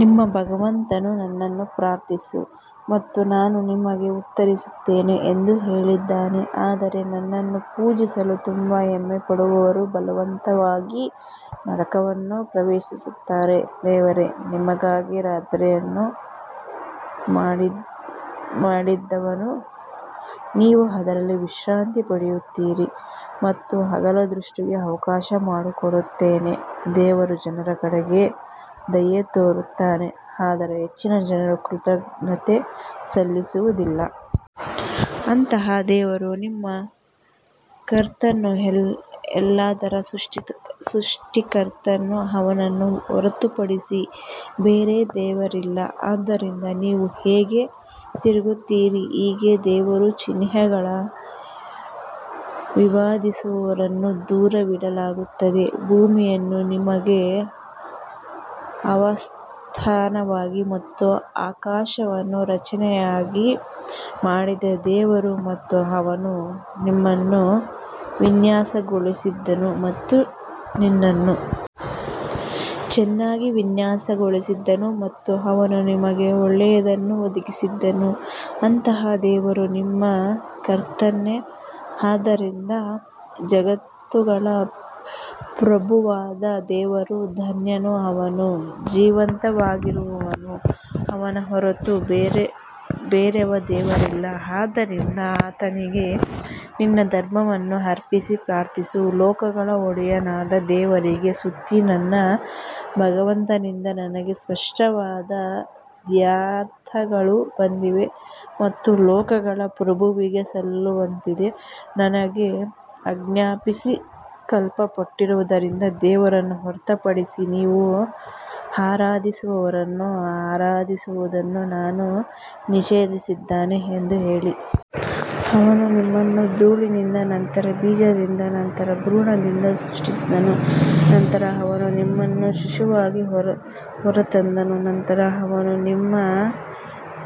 ನಿಮ್ಮ ಭಗವಂತನು ನನ್ನನ್ನು ಪ್ರಾರ್ಥಿಸು ಮತ್ತು ನಾನು ನಿಮಗೆ ಉತ್ತರಿಸುತ್ತೇನೆ ಎಂದು ಹೇಳಿದ್ದಾನೆ ಆದರೆ ನನ್ನನ್ನು ಪೂಜಿಸಲು ತುಂಬಾ ಹೆಮ್ಮೆಪಡುವವರು ಬಲವಂತವಾಗಿ ನರಕವನ್ನು ಪ್ರವೇಶಿಸುತ್ತಾರೆ ದೇವರೇ ನಿಮಗಾಗಿ ರಾತ್ರಿಯನ್ನು ಮಾಡಿದವನು ನೀವು ಅದರಲ್ಲಿ ವಿಶ್ರಾಂತಿ ಪಡೆಯುತ್ತೀರಿ ಮತ್ತು ಹಗಲು ದೃಷ್ಟಿಗೆ ಅವಕಾಶ ಮಾಡಿಕೊಡುತ್ತಾನೆ ದೇವರು ಜನರ ಕಡೆಗೆ ದಯೆತೋರುತ್ತಾನೆ ಆದರೆ ಹೆಚ್ಚಿನ ಜನರು ಕೃತಜ್ಞತೆ ಸಲ್ಲಿಸುವುದಿಲ್ಲ. ಅಂತಹ ದೇವರು ನಿಮ್ಮ ಕರ್ತನು ಎಲ್ಲದರ ಸೃಷ್ಟಿಕರ್ತನು ಅವನನ್ನು ಹೊರತುಪಡಿಸಿ ಬೇರೆ ದೇವರಿಲ್ಲ, ಆದ್ದರಿಂದ ನೀವು ಹೇಗೆ ತಿರುಗುತ್ತೀರಿ ಹೀಗೆ ದೇವರ ಚಿಹ್ನೆಗಳನ್ನು ವಿವಾದಿಸುವವರನ್ನು ದೂರವಿಡಲಾಗುತ್ತದೆ ಭೂಮಿಯನ್ನು ನಿಮಗೆ ಆವಾಸಸ್ಥಾನವಾಗಿ ಮತ್ತು ಆಕಾಶವನ್ನು ರಚನೆಯನ್ನಾಗಿ ಮಾಡಿದ ದೇವರು ಮತ್ತು ಅವನು ನಿಮ್ಮನ್ನು ವಿನ್ಯಾಸಗೊಳಿಸಿದನು ಮತ್ತು ನಿನ್ನನ್ನು ಚೆನ್ನಾಗಿ ವಿನ್ಯಾಸಗೊಳಿಸಿದನು ಮತ್ತು ಅವನು ನಿಮಗೆ ಒಳ್ಳೆಯದನ್ನು ಒದಗಿಸಿದನು ಅಂತಹ ದೇವರು ನಿಮ್ಮ ಕರ್ತನೇ ಆದ್ದರಿಂದ ಜಗತ್ತುಗಳ ಪ್ರಭುವಾದ ದೇವರು ಧನ್ಯನು ಅವನು ಜೀವಂತವಾಗಿರುವವನು ಅವನ ಹೊರತು ಬೇರಾವ ದೇವರಿಲ್ಲ ಆದ್ದರಿಂದ ಆತನಿಗೆ ನಿನ್ನ ಧರ್ಮವನ್ನು ಅರ್ಪಿಸಿ ಪ್ರಾರ್ಥಿಸು ಲೋಕಗಳ ಒಡೆಯನಾದ ದೇವರಿಗೆ ಸ್ತುತಿ ನನ್ನ ಭಗವಂತನಿಂದ ನನಗೆ ಸ್ಪಷ್ಟವಾದ ದ್ಯೋತಕಗಳು ಬಂದಿವೆ ಮತ್ತು ಲೋಕಗಳ ಪ್ರಭುವಿಗೆ ಸಲ್ಲಿಸುವಂತೆ ನನಗೆ ಆಜ್ಞಾಪಿಸಲ್ಪಟ್ಟಿರುವುದರಿಂದ ದೇವರನ್ನು ಹೊರತುಪಡಿಸಿ ನೀವು ಆರಾಧಿಸುವವರನ್ನು ಆರಾಧಿಸುವುದನ್ನು ನಾನು ನಿಷೇಧಿಸಿದ್ದೇನೆ ಎಂದು ಹೇಳಿ. ಅವನು ನಿಮ್ಮನ್ನು ಧೂಳಿನಿಂದ ನಂತರ ಬೀಜದಿಂದ ನಂತರ ಭ್ರೂಣದಿಂದ ಸೃಷ್ಟಿಸಿದನು ನಂತರ ಅವನು ನಿಮ್ಮನ್ನು ಶಿಶುವಾಗಿ ಹೊರತಂದನು ನಂತರ ಅವನು ನಿಮ್ಮ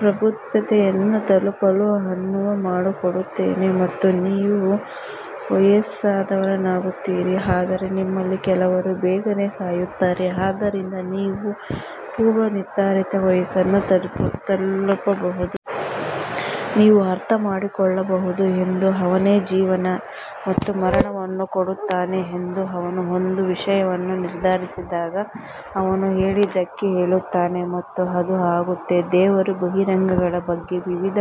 ಪ್ರಬುದ್ಧತೆಯನ್ನು ತಲುಪಲು ಅನುವು ಮಾಡಿಕೊಡುತ್ತಾನೆ ಮತ್ತು ನೀವು ವಯಸ್ಸಾದವರಾಗುತ್ತೀರಿ ಆದರೆ ನಿಮ್ಮಲ್ಲಿ ಕೆಲವರು ಬೇಗನೆ ಸಾಯುತ್ತಾರೆ, ಆದ್ದರಿಂದ ನೀವು ಪೂರ್ವನಿರ್ಧರಿತ ವಯಸ್ಸನ್ನು ತಲುಪಬಹುದು. ನೀವು ಅರ್ಥಮಾಡಿಕೊಳ್ಳಬಹುದು ಎಂದು ಅವನೇ ಜೀವನ ಮತ್ತು ಮರಣವನ್ನು ಕೊಡುತ್ತಾನೆ ಮತ್ತು ಅವನು ಒಂದು ವಿಷಯವನ್ನು ನಿರ್ಧರಿಸಿದಾಗ ಅವನು ಅದಕ್ಕೆ ಹೇಳುತ್ತಾನೆ ಮತ್ತು ಅದು ಆಗುತ್ತದೆ ದೇವರ ಬಹಿರಂಗಗಳ ಬಗ್ಗೆ ವಿವಾದ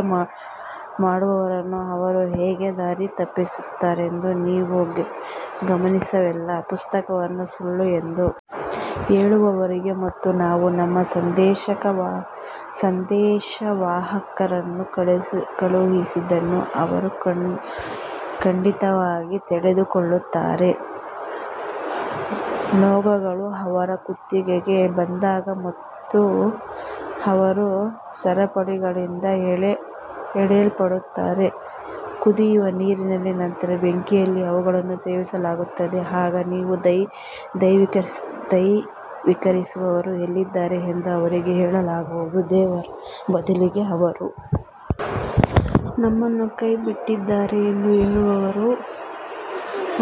ಮಾಡುವವರನ್ನು ಅವರು ಹೇಗೆ ದಾರಿ ತಪ್ಪಿಸಿದ್ದಾರೆಂದು ನೀವು ಗಮನಿಸಿಲ್ಲವೇ? ಪುಸ್ತಕವನ್ನು ಸುಳ್ಳು ಎಂದು ಹೇಳುವವರಿಗೆ ಮತ್ತು ನಾವು ನಮ್ಮ ಸಂದೇಶವಾಹಕರನ್ನು ಕಳುಹಿಸಿದ್ದನ್ನು ಅವರು ಖಂಡಿತವಾಗಿ ತಿಳಿದುಕೊಳ್ಳುತ್ತಾರೆ ನೊಗಗಳು ಅವರ ಕುತ್ತಿಗೆಗೆ ಬಂದಾಗ ಮತ್ತು ಅವರು ಸರಪಳಿಗಳಿಂದ ಎಳೆಯಲ್ಪಡುತ್ತಾರೆ ಕುದಿಯುವ ನೀರಿನಲ್ಲಿ ನಂತರ ಬೆಂಕಿಯಲ್ಲಿ ಅವುಗಳನ್ನು ಸೇವಿಸಲಾಗುತ್ತದೆ ಆಗ ನೀವು ದೈವೀಕರಿಸಿದವರು ಎಲ್ಲಿದ್ದಾರೆ ಎಂದು ಅವರಿಗೆ ಹೇಳಲಾಗುವುದು ದೇವರ ಬದಲಿಗೆ ಅವರು ನಮ್ಮನ್ನು ಕೈಬಿಟ್ಟಿದ್ದಾರೆ ಎಂದು ಹೇಳುವರು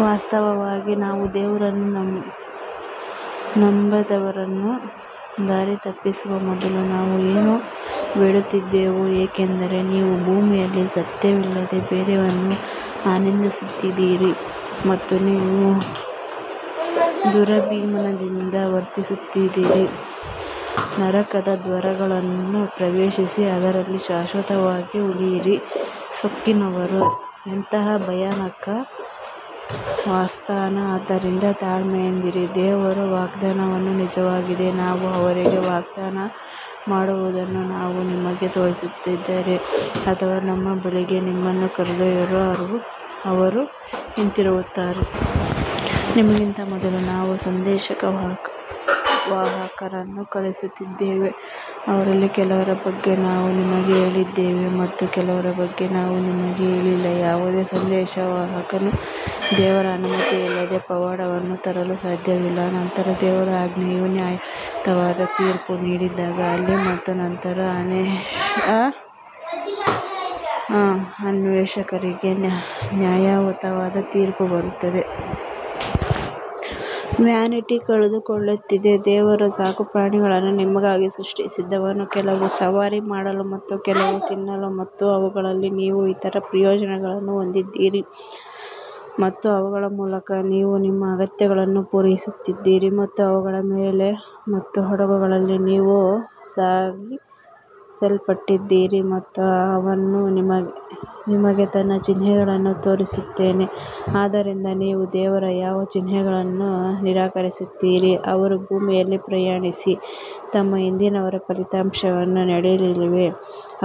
ವಾಸ್ತವವಾಗಿ ನಾವು ದೇವರನ್ನು ನಂಬದವರನ್ನು ದಾರಿತಪ್ಪಿಸುವ ಮೊದಲು ನಾವು ಏನೂ ಬೇಡುತ್ತಿದ್ದೆವು ಏಕೆಂದರೆ ನೀವು ಭೂಮಿಯಲ್ಲಿ ಸತ್ಯವಲ್ಲದೆ ಬೇರೆಯದನ್ನು ಆನಂದಿಸುತ್ತಿದ್ದಿರಿ ಮತ್ತು ನೀವು ದುರಭಿಮಾನದಿಂದ ವರ್ತಿಸುತ್ತಿದ್ದಿರಿ ನರಕದ ದ್ವಾರಗಳನ್ನು ಪ್ರವೇಶಿಸಿ ಅದರಲ್ಲಿ ಶಾಶ್ವತವಾಗಿ ಉಳಿಯಿರಿ ಸೊಕ್ಕಿನವರಿಗೆ ಎಂತಹ ಭಯಾನಕ ವಾಸಸ್ಥಾನ ಆದ್ದರಿಂದ ತಾಳ್ಮೆಯಿಂದಿರಿ ದೇವರ ವಾಗ್ದಾನವು ನಿಜವಾಗಿದೆ ನಾವು ಅವರಿಗೆ ವಾಗ್ದಾನ ಮಾಡಿರುವುದನ್ನು ನಾವು ನಿಮಗೆ ತೋರಿಸಿದರೆ ಅಥವಾ ನಮ್ಮ ಬಳಿಗೆ ನಿಮ್ಮನ್ನು ಕರೆದೊಯ್ದರೂ ಅವರು ಹಿಂತಿರುಗುತ್ತಾರೆ. ನಿಮಗಿಂತ ಮೊದಲು ನಾವು ಸಂದೇಶವಾಹಕರನ್ನು ಕಳುಹಿಸಿದ್ದೇವೆ ಅವರಲ್ಲಿ ಕೆಲವರ ಬಗ್ಗೆ ನಾವು ನಿಮಗೆ ಹೇಳಿದ್ದೇವೆ ಮತ್ತು ಕೆಲವರ ಬಗ್ಗೆ ನಾವು ನಿಮಗೆ ಹೇಳಿಲ್ಲ ಯಾವುದೇ ಸಂದೇಶವಾಹಕನು ದೇವರ ಅನುಮತಿಯಿಲ್ಲದೆ ಪವಾಡವನ್ನು ತರಲು ಸಾಧ್ಯವಿಲ್ಲ ನಂತರ ದೇವರ ಆಜ್ಞೆಯು ನ್ಯಾಯಯುತವಾದ ತೀರ್ಪು ನೀಡಿದಾಗ ಅಲ್ಲಿ ಮತ್ತು ನಂತರ ಅನ್ವೇಷಕರಿಗೆ ನ್ಯಾಯಯುತವಾದ ತೀರ್ಪು ಬರುತ್ತದೆ. ವ್ಯಾನಿಟಿ ಕಳೆದುಕೊಳ್ಳುತ್ತದೆ ದೇವರು ಸಾಕು ಪ್ರಾಣಿಗಳನ್ನು ನಿಮಗಾಗಿ ಸೃಷ್ಟಿಸಿದವನು, ಕೆಲವು ಸವಾರಿ ಮಾಡಲು ಮತ್ತು ಕೆಲವು ತಿನ್ನಲು ಮತ್ತು ಅವುಗಳಲ್ಲಿ ನೀವು ಇತರ ಪ್ರಯೋಜನಗಳನ್ನು ಹೊಂದಿದ್ದೀರಿ ಮತ್ತು ಅವುಗಳ ಮೂಲಕ ನೀವು ನಿಮ್ಮ ಅಗತ್ಯಗಳನ್ನು ಪೂರೈಸುತ್ತೀರಿ ಮತ್ತು ಅವುಗಳ ಮೇಲೆ ಮತ್ತು ಹಡಗುಗಳಲ್ಲಿ ನೀವು ಸಾಗಿಸಲ್ಪಡುತ್ತೀರಿ ಮತ್ತು ಅವನು ನಿಮಗೆ ತನ್ನ ಚಿಹ್ನೆಗಳನ್ನು ತೋರಿಸುತ್ತಾನೆ ಆದ್ದರಿಂದ ನೀವು ದೇವರ ಯಾವ ಚಿಹ್ನೆಗಳನ್ನು ನಿರಾಕರಿಸುತ್ತೀರಿ ಅವರು ಭೂಮಿಯಲ್ಲಿ ಪ್ರಯಾಣಿಸಿ ತಮ್ಮ ಹಿಂದಿನವರ ಫಲಿತಾಂಶವನ್ನು ನೋಡಲಿಲ್ಲವೇ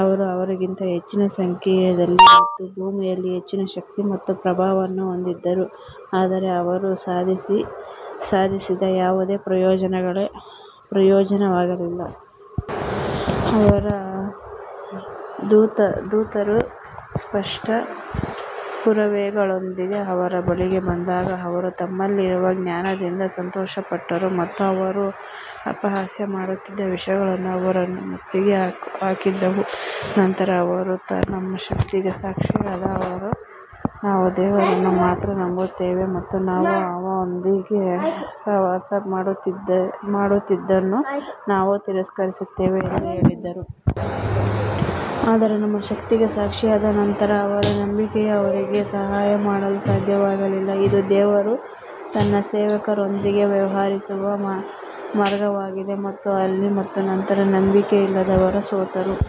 ಅವರು ಅವರಿಗಿಂತ ಹೆಚ್ಚಿನ ಸಂಖ್ಯೆಯಲ್ಲಿದ್ದರು ಮತ್ತು ಭೂಮಿಯಲ್ಲಿ ಹೆಚ್ಚಿನ ಶಕ್ತಿ ಮತ್ತು ಪ್ರಭಾವವನ್ನು ಹೊಂದಿದ್ದರು ಆದರೆ ಅವರು ಸಾಧಿಸಿದ ಯಾವುದೇ ಪ್ರಯೋಜನವಾಗಲಿಲ್ಲ. ಅವರ ದೂತರು ಸ್ಪಷ್ಟ ಪುರಾವೆಗಳೊಂದಿಗೆ ಅವರ ಬಳಿಗೆ ಬಂದಾಗ ಅವರು ತಮ್ಮಲ್ಲಿರುವ ಜ್ಞಾನದಿಂದ ಸಂತೋಷಪಟ್ಟರು ಮತ್ತು ಅವರು ಅಪಹಾಸ್ಯ ಮಾಡುತ್ತಿದ್ದ ವಿಷಯಗಳು ಅವರನ್ನು ಮುತ್ತಿಗೆ ಹಾಕಿದವು. ನಂತರ ಅವರು ನಮ್ಮ ಶಕ್ತಿಗೆ ಸಾಕ್ಷಿಯಾದಾಗ ಅವರು ನಾವು ದೇವರನ್ನು ಮಾತ್ರ ನಂಬುತ್ತೇವೆ ಮತ್ತು ನಾವು ಅವನೊಂದಿಗೆ ಸಹವಾಸ ಮಾಡುತ್ತಿದ್ದುದನ್ನು ನಾವು ತಿರಸ್ಕರಿಸುತ್ತೇವೆ ಎಂದು ಹೇಳಿದರು. ಆದರೆ ನಮ್ಮ ಶಕ್ತಿಗೆ ಸಾಕ್ಷಿಯಾದ ನಂತರ ಅವರ ನಂಬಿಕೆಯು ಅವರಿಗೆ ಸಹಾಯ ಮಾಡಲು ಸಾಧ್ಯವಾಗಲಿಲ್ಲ, ಇದು ದೇವರು ತನ್ನ ಸೇವಕರೊಂದಿಗೆ ವ್ಯವಹರಿಸುವ ಮಾರ್ಗವಾಗಿದೆ ಮತ್ತು ಅಲ್ಲಿ ಮತ್ತು ನಂತರ ನಂಬಿಕೆಯಿಲ್ಲದವರು ಸೋತರು.